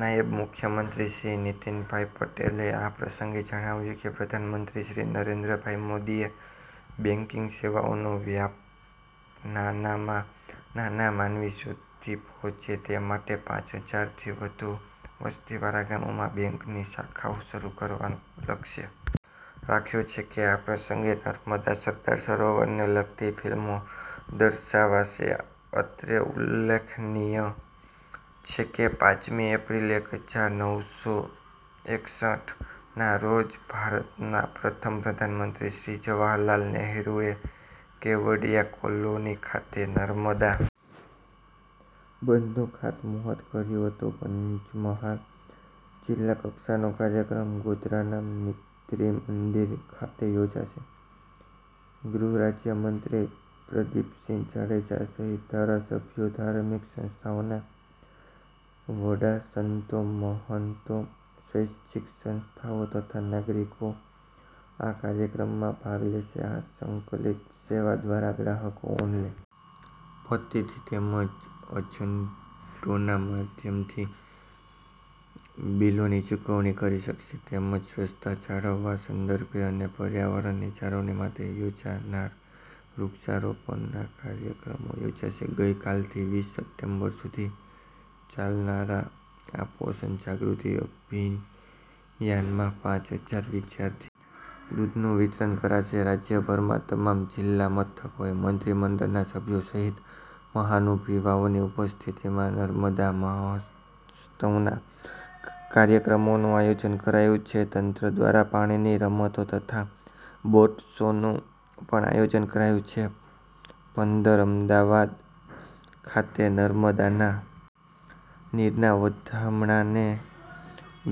નાયબ મુખ્યમંત્રી શ્રી નીતિનભાઈ પટેલે આ પ્રસંગે જણાવ્યું કે પ્રધાનમંત્રી શ્રી નરેન્દ્રભાઈ મોદીએ બેન્કીંગ સેવાઓનો વ્યાપ નાનામાં નાના માનવી સુધી પહોચે તે માટે પાંચ હજારથી વધુ વસ્તીવાળા ગામોમાં બેન્કની શાખાઓ શરૂ કરવાનો લક્ષ્ય રાખ્યો છે આ પ્રસંગે નર્મદા સરદાર સરોવરને લગતી ફિલ્મો દર્શાવાશે અત્રે ઉલ્લેખનીય છે કે પાંચમી એપ્રિલ એક હજાર નવ સો એકસઠ ના રોજ ભારતના પ્રથમ પ્રધાનમંત્રી શ્રી જવાહરલાલ નેહરૂએ કેવડીયા કોલોની ખાતે નર્મદા બંધનું ખાતમૂહુર્ત કર્યું હતું પંચમહાલ જિલ્લાકક્ષાનો કાર્યક્રમ ગોધરાના ત્રિમંદિર ખાતે યોજાશે ગૃહરાજ્યમંત્રી પ્રદિપસિંહ જાડેજા સહિત ધારાસભ્યો ધાર્મિક સંસ્થાઓના વડાસંતોમહંતો સ્વૈચ્છીક સંસ્થાઓ તથા નાગરીકો આ કાર્યક્રમમાં ભાગ લેશે આ સંકલિત સેવા દ્વારા ગ્રાહકો ઓનલાઇન પધ્ધતીથિ તેમજ એજન્ટોના માધ્યમથી બીલોની ચુકવણી કરી શકે છે તેમજ સ્વચ્છતા જાળવવા સંદર્ભે અને પર્યાવરણની જાળવણી માટે યોજાનાર વૃક્ષારોપણના કાર્યક્રમો યોજાશે ગઇકાલથી વીસ સપ્ટેમ્બર સુધી ચાલનારા આ પોષણ જાગૃતિ અભિયાનમાં પાંચ હજાર વિદ્યાર્થીઓને દૂધનું વિતરણ કરાશે રાજ્યભરમાં તમામ જિલ્લા મથકોએ મંત્રીમંડળના સભ્યો સહિત મહાનુભાવોની ઉપસ્થિતિમાં નર્મદા મહોત્સવના કાર્યક્રમોનું આયોજન કરાયું છે તંત્ર દ્વારા પાણીની રમતો તથા બોટ શોનું પણ આયોજન કરાયું છે પંદર અમદાવાદ ખાતે નર્મદાના નીરના વધામણાનો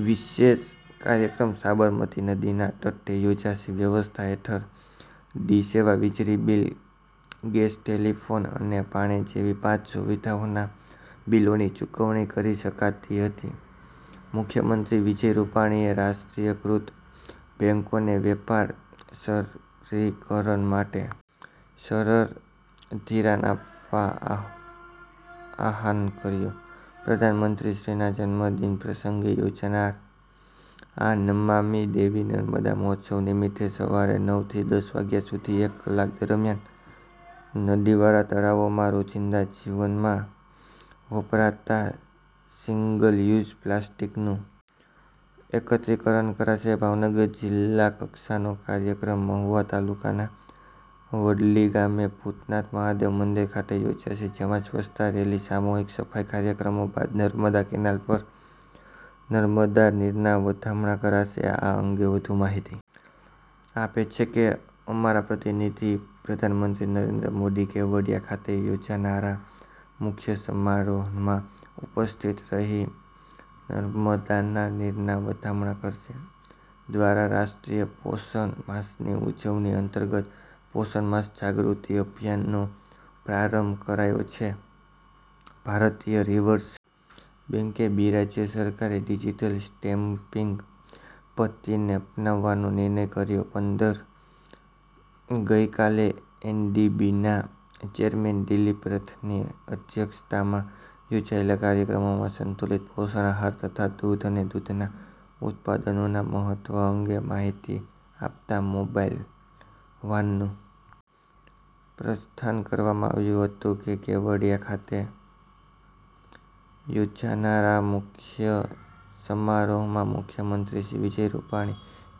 વિશેષ કાર્યક્રમ સાબરમતી નદીના તટે યોજાશે વ્યવસ્થા હેઠળ ડી સેવા વીજળીબીલ ગેસ ટેલીફોન અને પાણી જેવી પાંચ સુવિધાઓના બીલોની ચુકવણી કરી શકાતી હતી મુખ્યમંત્રી વિજય રૂપાણીએ રાષ્ટ્રીયકૃત બેન્કોને વેપાર સરળીકરણ માટે સરળ ધિરાણ આપવા આહ્વાન કર્યું પ્રધાનમંત્રીશ્રીના જન્મદિન પ્રસંગે યોજાનાર આ નમામિ દેવી નર્મદે મહોત્સવ નિમિત્તે સવારે નવ થી દસ વાગ્યા સુધી એક કલાક દરમ્યાન નદી નાળા તળાવોમાં રોજીંદા જીવનમાં વપરાતા સીંગલ યુઝ પ્લાસ્ટીકનું એકત્રિકરણ કરાશે ભાવનગર જિલ્લા કક્ષાનો કાર્યક્રમ મહુવા તાલુકાના વડલી ગામે ભૂતનાથ મહાદેવ મંદિર ખાતે યોજાશે જેમાં સ્વચ્છતા રેલી સામૂહિક સફાઈ કાર્યક્રમો બાદ નર્મદા કેનાલ પર નર્મદા નીરના વધામણા કરાશે આ અંગે વધુ માહિતી આપે છે અમારા પ્રતિનિધિ પ્રધાનમંત્રી નરેન્દ્ર મોદી કેવડીયા ખાતે યોજાનારા મુખ્ય સમારોહમાં ઉપસ્થિત રહી નર્મદાના નીરના વધામણા કરશે દ્વારા રાષ્ટ્રીય પોષણ માસની ઉજવણી અંતર્ગત પોષણ માસ જાગૃતિ અભિયાનનો પ્રારંભ કરાયો છે ભારતીય રિઝર્વ બેંકે બી રાજ્ય સરકારે ડિજીટલ સ્ટેમ્પીંગ પદ્ધતિને અપનાવવાનો નિર્ણય કર્યો પંદર ગઇકાલે એનડીબીના ચેરમેન દિલીપ રથની અધ્યક્ષતામાં યોજાયેલા કાર્યક્રમમાં સંતુલિત પોષણ આહાર તથા દૂધ અને દૂધના ઉત્પાદનોના મહત્વ અંગે માહિતી આપતા મોબાઇલ વાનનું પ્રસ્થાન કરવામાં આવ્યું હતું કેવડિયા ખાતે યોજાનાર આ મુખ્ય સમારોહમાં મુખ્યમંત્રી શ્રી વિજય રૂપાણી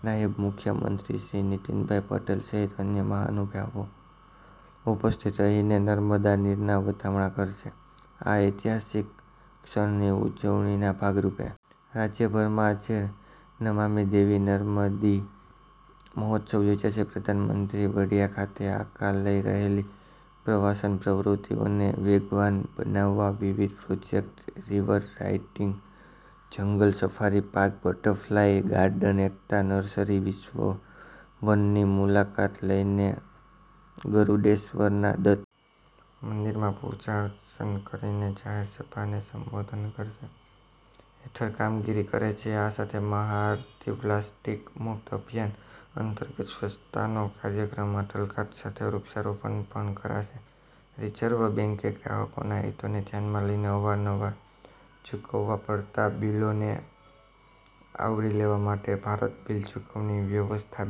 નાયબ મુખ્યમંત્રી શ્રી નીતિનભાઈ પટેલ સહિત અન્ય મહાનુભાવો ઉપસ્થિત રહીને નર્મદા નીરના વધામણા કરશે આ ઐતિહાસિક ક્ષણની ઉજવણીના ભાગરૂપે રાજયભરમાં આજે નમામિ દેવી નમદિ મહોત્સવ યોજાશે પ્રધાનમંત્રી વડિયા ખાતે આકાર લઈ રહેલી પ્રવાસન પ્રવૃત્તિઓને વેગવાન બનાવવા વિવિધ projects river rafting jungle safari park butterfly garden Ekta nursery વિશ્વવનની મુલાકાત લઈને ગરૂડેશ્વરના દત્ત મંદિરમાં પૂજા અર્ચન કરીને જાહેર સભાને સંબોધન કરશે હેઠળ કામગીરી કરે છે આ સાથે મહાઆરતી પ્લાસ્ટીક મુક્ત અભિયાન અંતર્ગત સ્વચ્છતાનો કાર્યક્રમ અટલ ઘાટ ખાતે વૃક્ષારોપણ પણ કરાશે રિઝર્વ બેંકે ગ્રાહકોના હિતોને ધ્યાનમાં લઈને અવાર નવાર ચુકવવા પડતા બીલોને આવરી લેવા માટે ભારત બીલ ચુકવણી વ્યવસ્થા બી।